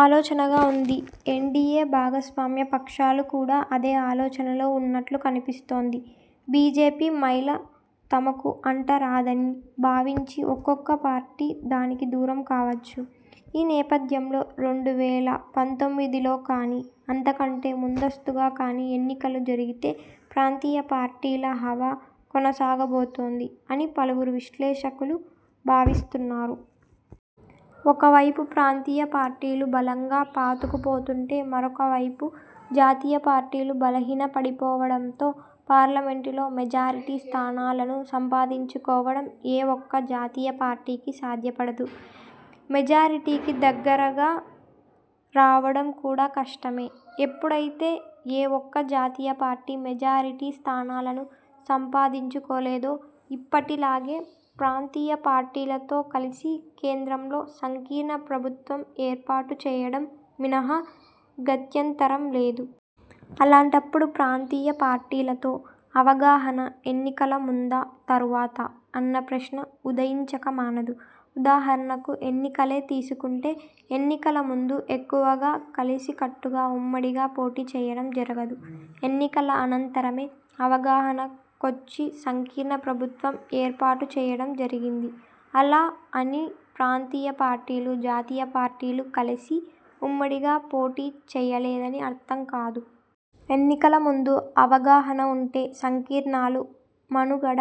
ఆలోచనగా వుంది. ఎన్డీయే భాగస్వామ్య పక్షాలు కూడా అదే ఆలోచనలో వున్నట్లు కనిపిస్తోంది. బీజేపీ మైల తమకు అంటరాదని భావించి ఒక్కొక్క పార్టీ దానికి దూరం కావచ్చు. ఈ నేపథ్యంలో రెండు వేల పంతొమ్మిదిలో కాని, అంతకంటే ముందస్తుగా కాని ఎన్నికలు జరిగితే, ప్రాంతీయ పార్టీల హవా కొనసాగబోతోంది అని పలువురు విశ్లేషకులు భావిస్తున్నారు. ఒకవైపు ప్రాంతీయ పార్టీలు బలంగా పాతుకు పోతుంటే, మరొకవైపు, జాతీయ పార్టీలు బలహీన పడిపోవడంతో, పార్లమెంటులో మెజారిటీ స్థానాలను సంపాదించుకోవడం ఏ ఒక్క జాతీయ పార్టీకి సాధ్యపడదు. మెజారిటీకి దగ్గరగా రావడం కూడా కష్టమే. ఎప్పుడైతే, ఏ ఒక్క జాతీయ పార్టీ మెజారిటీ స్థానాలను సంపాదించుకోలేదో, ఇప్పటి లాగే, ప్రాంతీయ పార్టీలతో కలిసి కేంద్రంలో సంకీర్ణ ప్రభుత్వం ఏర్పాటు చేయడం మినహా గత్యంతరం లేదు. అలాంటప్పుడు ప్రాంతీయ పార్టీలతో అవగాహన ఎన్నికల ముందా? తరువాతా? అన్న ప్రశ్న ఉదయించక మానదు. ఉదాహరణకు ఎన్నికలే తీసుకుంటే, ఎన్నికల ముందు ఎక్కువగా కలిసి కట్టుగా-ఉమ్మడిగా పోటీ చేయడం జరగలేదు. ఎన్నికల అనంతరమే అవగాహన కొచ్చి సంకీర్ణ ప్రభుత్వం ఏర్పాటు చేయడం జరిగింది. అలా అని ప్రాంతీయ పార్టీలు, జాతీయ పార్టీలు కలిసి ఉమ్మడిగా పోటీ చేయలేదని అర్థం కాదు. ఎన్నికల ముందు అవగాహన వుంటే సంకీర్ణాలు మనుగడ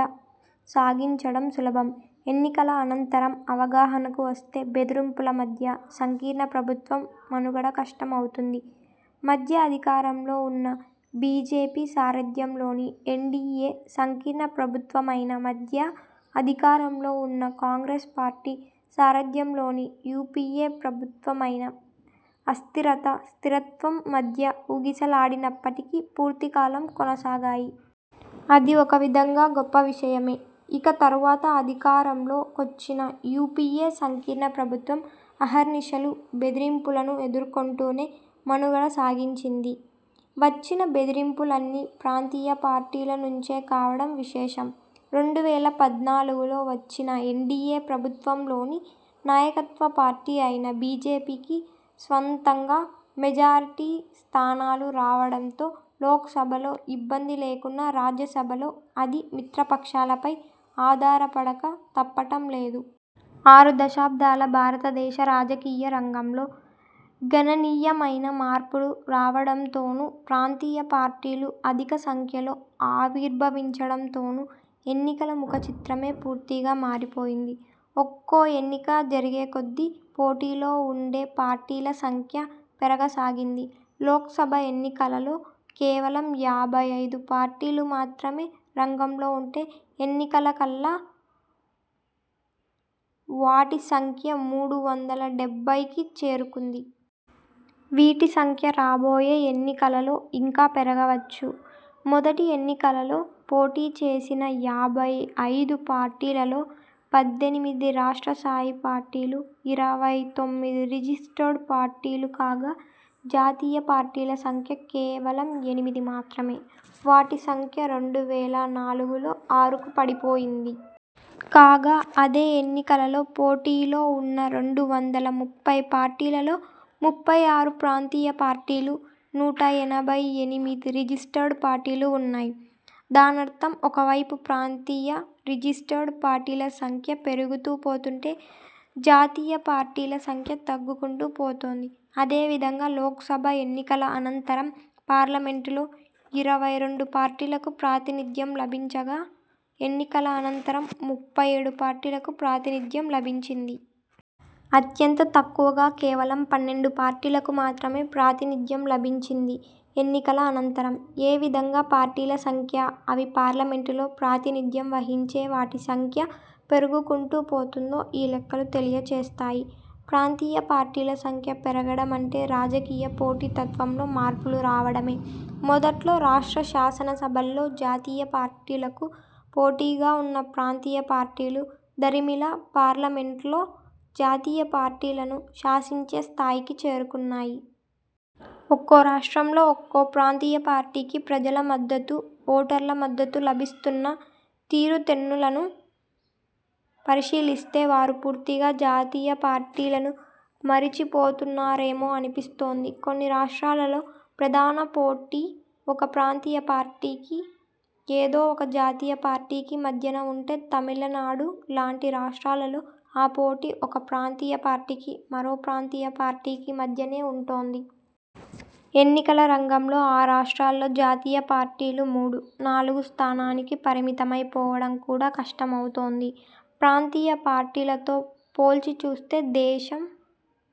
సాగించడం సులభం. ఎన్నికల అనంతరం అవగాహనకు వస్తే, బెదిరింపుల మధ్య, సంకీర్ణ ప్రభుత్వం మనుగడ కష్టం అవుతుంది. మధ్య అధికారంలో వున్న బీజేపీ సారథ్యంలోని ఎన్డీయే సంకీర్ణ ప్రభుత్వమైనా, మధ్య అధికారంలో వున్న కాంగ్రెస్ పార్టీ సారథ్యంలోని యూపీఏ ప్రభుత్వమైనా, అస్థిరత– స్థిరత్వం మధ్య ఊగిసలాడినప్పటికీ, పూర్తికాలం కొనసాగాయి. అది ఒక విధంగా గొప్ప విషయమే. ఇక తరువాత అధికారంలో కొచ్చిన యూపీఏ సంకీర్ణ ప్రభుత్వం అహర్నిశలూ బెదిరింపులను ఎదుర్కుంటూనే మనుగడ సాగించింది. వచ్చిన బెదిరింపులన్నీ ప్రాంతీయ పార్టీల నుంచే కావడం విశేషం. రెండు వేల పద్నాలుగులో వచ్చిన ఎన్డీయే ప్రభుత్వంలోని నాయకత్వపార్టీ అయిన బీజేపీకి స్వంతంగా మెజారిటీస్థానాలు రావడంతో లోక్సభలో ఇబ్బంది లేకున్నా రాజ్యసభలో అది మిత్రపక్షాలపై ఆధారపడక తప్పటం లేదు. ఆరు దశాబ్దాల భారతదేశ రాజకీయ రంగంలో గణనీయమైన మార్పులు రావడంతోను, ప్రాంతీయ పార్టీలు అధికసంఖ్యలో ఆవిర్భవించడంతోను, ఎన్నికల ముఖచిత్రమే పూర్తిగా మారిపోయింది. ఒక్కో ఎన్నిక జరిగే కొద్దీ, పోటీలో వుండే పార్టీల సంఖ్య పెరగ సాగింది. లోక్సభ ఎన్నికలలో కేవలం యాభై ఐదు పార్టీలు మాత్రమే రంగంలో వుంటే, ఎన్నికల కల్లా వాటి సంఖ్య మూడు వందల డెబ్బైకి చేరుకుంది. వీటి సంఖ్య రాబోయే ఎన్నికలలో ఇంకా పెరగొచ్చు. మొదటి ఎన్నికలలో పోటీ చేసిన యాభై ఐదు పార్టీలలో, పద్దెనిమిది రాష్ట్రస్థాయి పార్టీలు, ఇరవై తొమ్మిది రిజిస్టర్డ్ పార్టీలు కాగా జాతీయ పార్టీల సంఖ్య కేవలం ఎనిమిది మాత్రమే! వాటి సంఖ్య రెండు వేల నాలుగులో ఆరుకు పడిపోయింది. కాగా అదే ఎన్నికలలో పోటీలో వున్న రెండు వందల ముప్పై పార్టీలలో, ముప్పై ఆరు ప్రాంతీయ పార్టీలు, నూట ఎనభై ఎనిమిది రిజిస్టర్డ్ పార్టీలు వున్నాయి. దానర్థం ఒకవైపు ప్రాంతీయ– రిజిస్టర్డ్ పార్టీల సంఖ్య పెరుగుతూ పోతుంటే, జాతీయ పార్టీల సంఖ్య తగ్గుకుంటూ పోతోంది. అదేవిధంగా లోక్సభ ఎన్నికల అనంతరం పార్లమెంటులో ఇరవై రెండు పార్టీలకు ప్రాతినిధ్యం లభించగా, ఎన్నికల అనంతరం ముప్పై ఏడు పార్టీలకు ప్రాతినిధ్యం లభించింది. అత్యంత తక్కువగా కేవలం పన్నెండు పార్టీలకు మాత్రమే ప్రాతినిధ్యం లభించింది ఎన్నికల అనంతరం. ఏ విధంగా పార్టీల సంఖ్య, అవి పార్లమెంటులో ప్రాతినిధ్యం వహించే వాటి సంఖ్య పెరుగుకుంటూ పోతుందో ఈ లెక్కలు తెలియచేస్తాయి. ప్రాంతీయపార్టీల సంఖ్య పెరగడమంటే, రాజకీయ పోటీతత్వంలో మార్పులు రావడమే. మొదట్లో, రాష్ట్ర శాసనసభల్లో జాతీయపార్టీలకు పోటీగా వున్న ప్రాంతీయ పార్టీలు దరిమిలా పార్లమెంట్లో జాతీయపార్టీలను శాసించే స్థాయికి చేరుకున్నాయి. ఒక్కోరాష్ట్రంలో, ఒక్కో ప్రాంతీయపార్టీకి ప్రజల మద్దతు– ఓటర్ల మద్దతు లభిస్తున్న తీరుతెన్నులను పరిశీలిస్తే, వారు పూర్తిగా జాతీయ పార్టీలను మరిచిపోతున్నారేమో అనిపిస్తోంది. కొన్నిరాష్ట్రాలలో ప్రధాన పోటీ ఒక ప్రాంతీయ పార్టీకి, ఏదో ఒక జాతీయ పార్టీకి మధ్యన వుంటే, తమిళనాడు లాంటి రాష్ట్రాలలో ఆ పోటీ ఒక ప్రాంతీయ పార్టీకి, మరో ప్రాంతీయ పార్టీకి మధ్యనే వుంటోంది. ఎన్నికల రంగంలో ఆ రాష్ట్రాల్లో జాతీయ పార్టీలు మూడు– నాలుగు స్థానానికి పరిమితమై పోవడం కూడా కష్టమవుతోంది. ప్రాంతీయ పార్టీలతో పోల్చిచూస్తే, దేశం